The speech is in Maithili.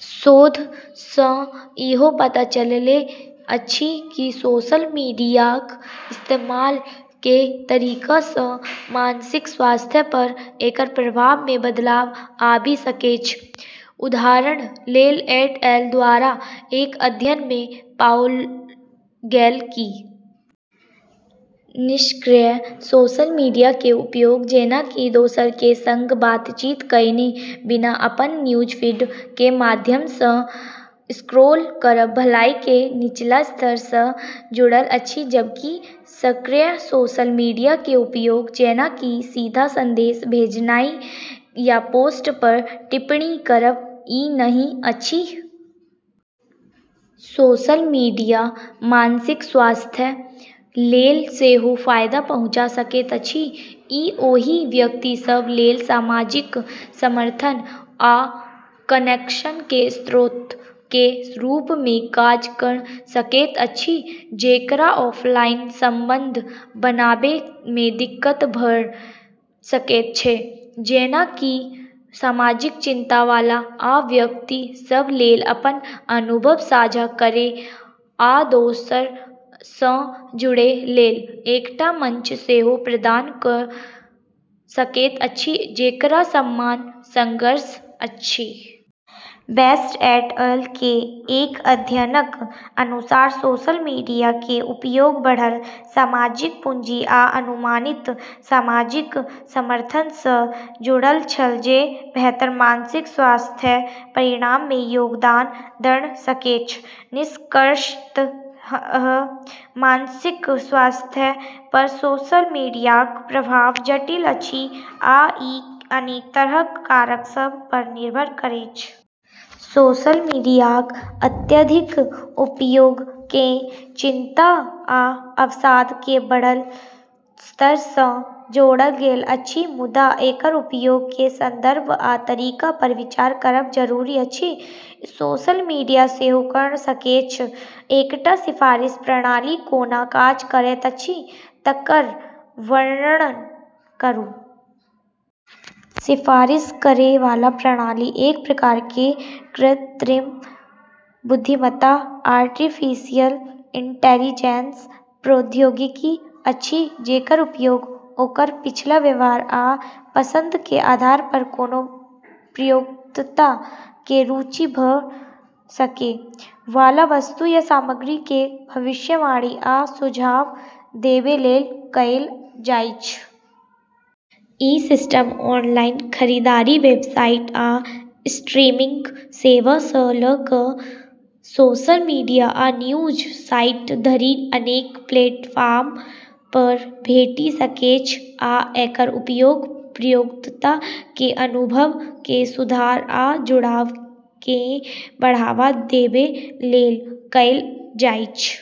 शोध सँ इहो पता चललै अछि कि सोशल मीडियाक इस्तेमाल के तरीका सँ मानसिक स्वास्थ्य पर एकर प्रभाव मे बदलाव आबि सकैछ। उदाहरण लेल, 'एट अल' द्वारा एक अध्ययन मे पाओल गेल कि निष्क्रिय सोशल मीडिया के उपयोग, जेना कि दोसर के संग बातचीत कएने बिना अपन न्यूजफीड के माध्यम सँ स्क्रॉल करब, भलाई के निचला स्तर सँ जुड़ल अछि, जबकि सक्रिय सोशल मीडिया के उपयोग, जेना कि सीधा संदेश भेजनाइ या पोस्ट पर टिप्पणी करब, ई नहि अछि। सोशल मीडिया मानसिक स्वास्थ्य लेल सेहो फायदा पहुँचा सकैत अछि। ई ओहि व्यक्ति सभ लेल सामाजिक समर्थन आ कनेक्शन के स्रोत के रूप मे काज कऽ सकैत अछि, जेकरा ऑफलाइन संबंध बनाबै मे दिक्कत भऽ सकैत छै, जेना कि सामाजिक चिंता वाला, आ व्यक्ति सभ लेल अपन अनुभव साझा करै आ दोसर सँ जुड़ै लेल एकटा मंच सेहो प्रदान कऽ सकैत अछि, जेकरा समान संघर्ष अछि। बेस्ट एट अल के एक अध्ययनक अनुसार, सोशल मीडिया के उपयोग बढ़ल सामाजिक पूंजी आ अनुमानित सामाजिक समर्थन सँ जुड़ल छल, जे बेहतर मानसिक स्वास्थ्य परिणाम मे योगदान दऽ सकैछ। निष्कर्षतः मानसिक स्वास्थ्य पर सोशल मीडियाक प्रभाव जटिल अछि आ ई अनेक तरहक कारक सभ पर निर्भर करैछ। सोशल मीडियाक अत्यधिक उपयोग केँ चिंता आ अवसाद के बढ़ल स्तर सँ जोड़ल गेल अछि, मुदा एकर उपयोग के संदर्भ आ तरीका पर विचार करब जरूरी अछि। सोशल मीडिया सेहो कऽ सकैछ। एकटा सिफारिश प्रणाली कोना काज करैत अछि तकर वर्णन करू। सिफारिश करै वाला प्रणाली एक प्रकार के कृत्रिम बुद्धिमत्ता आर्टिफिशियल इंटेलिजेंस प्रौद्योगिकी अछि जेकर उपयोग ओकर पिछला व्यवहार आ पसंद के आधार पर, कोनो प्रयोक्ता के रुचि भऽ सकै वाला वस्तु या सामग्री के भविष्यवाणी आ सुझाव देबै लेल कएल जाइछ। ई सिस्टम ऑनलाइन खरीदारी वेबसाइट आ स्ट्रीमिंग सेवा सँ लऽ कऽ सोशल मीडिया आ न्यूज साइट धरि अनेक प्लेटफार्म पर भेटि सकैछ आ एकर उपयोग प्रयोक्ता के अनुभव मे सुधार आ जुड़ाव केँ बढ़ावा देबै लेल कएल जाइछ।